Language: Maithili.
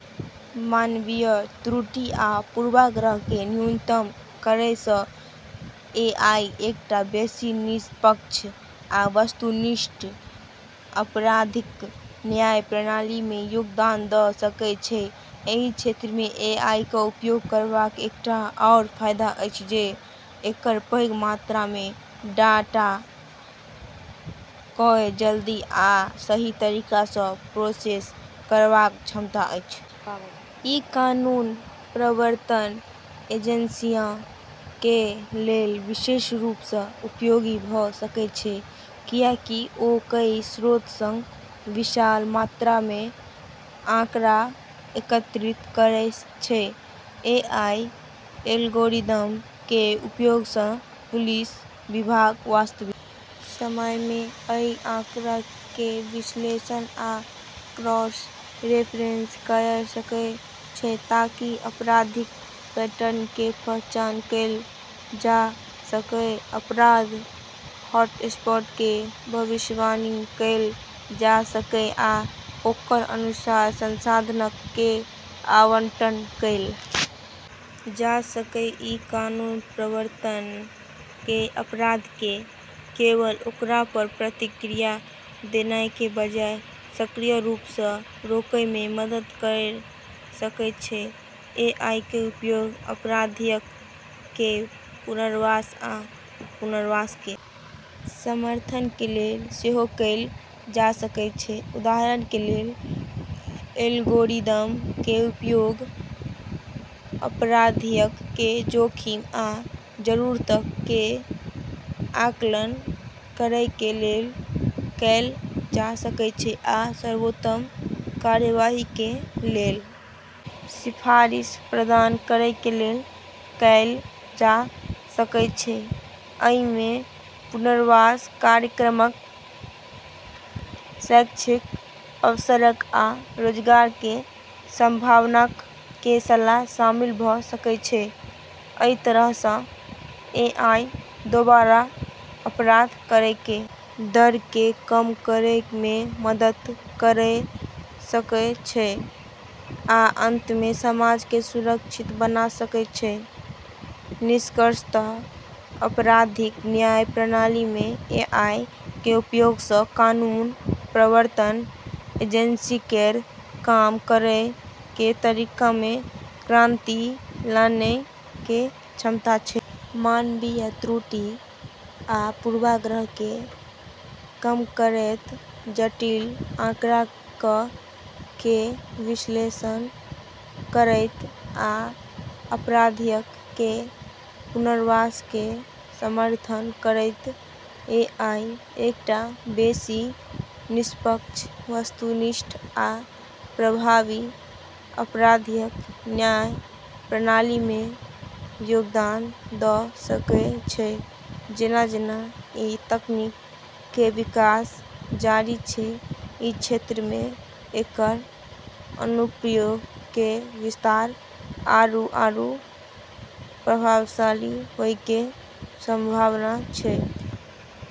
मानवीय त्रुटि आ पूर्वाग्रह कें न्यूनतम करय सं एआई एकटा बेसि निष्पक्ष आ वस्तुनिष्ठ आपराधिक न्याय प्रणाली मे योगदान द सकय छै, एहि क्षेत्र मे एआई क उपयोग करबाक एकटा आओर फायदा अछि जे एकर पैघ मात्रा मे डाटा कए जल्दी आ सही तरीका स प्रोसेस करबाक क्षमता अछि। इ कानून प्रवर्तन एजेंसियॉ कें लेल विशेष रूप सं उपयोगी भ सकय छै, कियाकि ओ कई स्रोत सं विशाल मात्रा मे आंकड़ा एकत्रित करय छै. एआई एल्गोरिदम कें उपयोग सं पुलिस विभाग वास्तविक समय मे अइ आंकड़ा कें विश्लेषण आ क्रॉस-रेफरेंस कयर सकय छै ताकि आपराधिक पैटर्न कें पहचान कैल जा सकय, अपराध हॉटस्पॉट कें भविष्यवाणी कैल जा सकय आ ओकर अनुसार संसाधनक कें आवंटन कैल जा सकय, इ कानून प्रवर्तन कें अपराध कें केवल ओकरा पर प्रतिक्रिया देनाय कें बजाय सक्रिय रूप सं रोकय मे मदद कयर सकय छै, एआई कें उपयोग अपराधियक कें पुनर्वास आ पुनर्वास कें समर्थन कें लेल सेहो कैल जा सकय छै, उदाहरण कें लेल, एल्गोरिदम कें उपयोग अपराधियक कें जोखिम आ जरूरतक कें आकलन करय कें लेल कैल जा सकय छै आ सर्वोत्तम कार्यवाही कें लेल सिफारिश प्रदान करय कें लेल कैल जा सकय छै, अइ मे पुनर्वास कार्यक्रमक, शैक्षिक अवसरक आ रोजगार कें संभावनाक कें सलाह शामिल भ सकएय छै, अइ तरह सं एआई दोबारा अपराध करय कें दर कें कम करय मे मदद कयर सकय छै, आ अंत मे समाज कें सुरक्षित बना सकय छै, निष्कर्षतः आपराधिक न्याय प्रणाली मे एआई के उपयोग स॑ कानून प्रवर्तन एजेंसी केरऽ काम करै के तरीका मे क्रांति लानै के क्षमता छै। मानवीय त्रुटि आ पूर्वाग्रह कें कम करयत, जटिल आंकड़ाक कें विश्लेषण करयत आ अपराधियक कें पुनर्वास कें समर्थन करयत, एआई एकटा बेसि निष्पक्ष, वस्तुनिष्ठ आ प्रभावी आपराधिक न्याय प्रणाली मे योगदान द सकय छै जेना-जेना ई तकनीकऽ के विकास जारी छै, ई क्षेत्र मे एकरऽ अनुप्रयोग के विस्तार आरू आरू प्रभावशाली होय के संभावना छै।